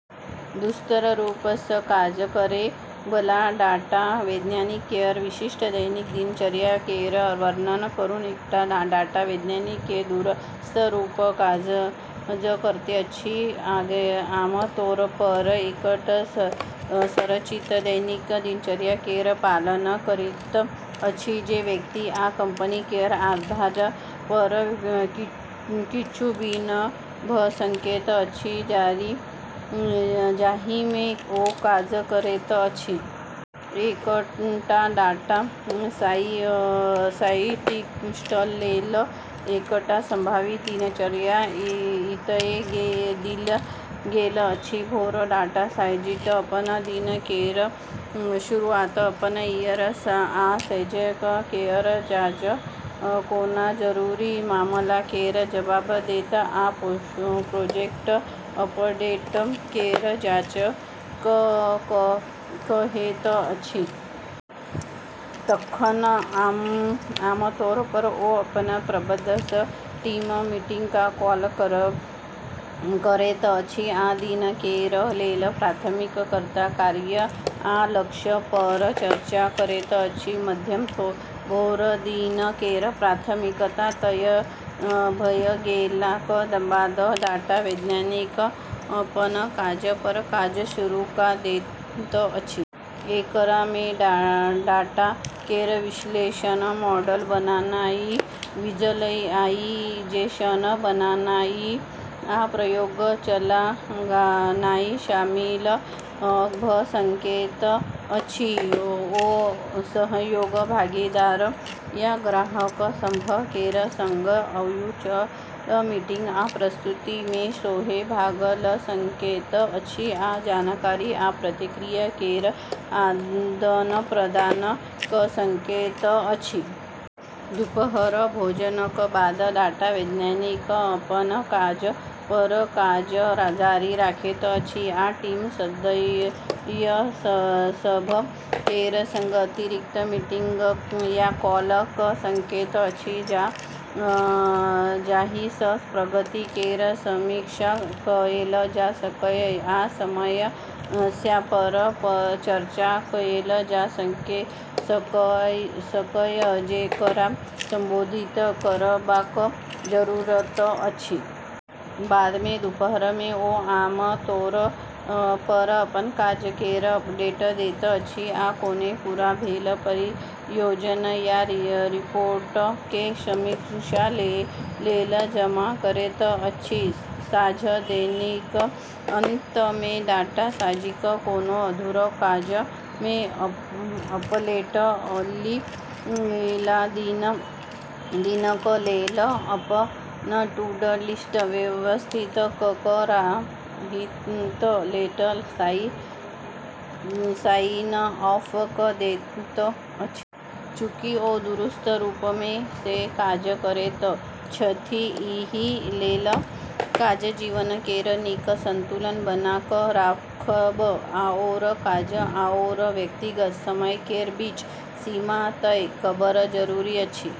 दूरस्थ रूप सँ काज करै बला डाटा वैज्ञानिक केर विशिष्ट दैनिक दिनचर्या केर वर्णन करू। एकटा डाटा वैज्ञानिक जे दूरस्थ रूप सँ काज करैत अछि, आमतौर पर एकटा संरचित दैनिक दिनचर्या केर पालन करैत अछि, जे व्यक्ति आ कंपनी केर आधार पर किछु भिन्न भऽ सकैत अछि, जाहि मे ओ काज करैत अछि। एकटा डाटा साइंटिस्ट लेल एकटा सम्भावित दिनचर्या एतय देल गेल अछि: भोर: डाटा साइंटिस्ट अपन दिन केर शुरुआत अपन ईमेल आ मैसेज केर जांच कऽ, कोनो जरूरी मामला केर जवाब दैत आ प्रोजेक्ट अपडेट केर जांच कऽ कऽ करैत अछि। तखन, आमतौर पर ओ अपन प्रबंधक सँ टीम मीटिंग या कॉल करैत अछि आ दिन केर लेल प्राथमिकता, कार्य आ लक्ष्य पर चर्चा करैत अछि। मध्य भोर: दिन केर प्राथमिकता तय भऽ गेलाक बाद डाटा वैज्ञानिक अपन काज पर काज शुरू कऽ दैत अछि। एकरा मे डाटा केर विश्लेषण, मॉडल बनानाइ, विजुअलाइजेशन बनानाइ, आ प्रयोग चलानाइ शामिल भऽ सकैत अछि। ओ सहयोगी, भागीदार या ग्राहक सभ केर संग वर्चुअल मीटिंग या प्रस्तुति मे सेहो भाग लऽ सकैत अछि आ जानकारी आ प्रतिक्रिया केर आदान-प्रदान कऽ सकैत अछि। दुपहर: भोजनक बाद डाटा वैज्ञानिक अपन काज पर काज जारी राखैत अछि, आ टीमक सदस्य सभ केर संग अतिरिक्त मीटिंग या कॉल कऽ सकैत अछि जाहि सँ प्रगति केर समीक्षा कएल जा सकय या समस्या सभ पर चर्चा कएल जा सकय जेकरा संबोधित करबाक जरूरत अछि। बाद मे दुपहर मे ओ आम तौर पर अपन काज केर अपडेट दैत अछि आ कोनो पूरा भेल परियोजना या रिपोर्ट केँ समीक्षा लेल जमा करैत अछि। साँझ: दिनक अंत मे डाटा साइंटिस्ट कोनो अधूरा काज केँ लपेटि कऽ अगिला दिनक लेल अपन टू-डू लिस्ट व्यवस्थित कऽ कऽ राति लेल साइन ऑफ कऽ दैत अछि। चूँकि ओ दूरस्थ रूप सँ काज करैत छथि, एहि लेल काज-जीवन केर नीक संतुलन बना कऽ राखब आओर काज आओर व्यक्तिगत समय केर बीच सीमा तय करब जरूरी अछि।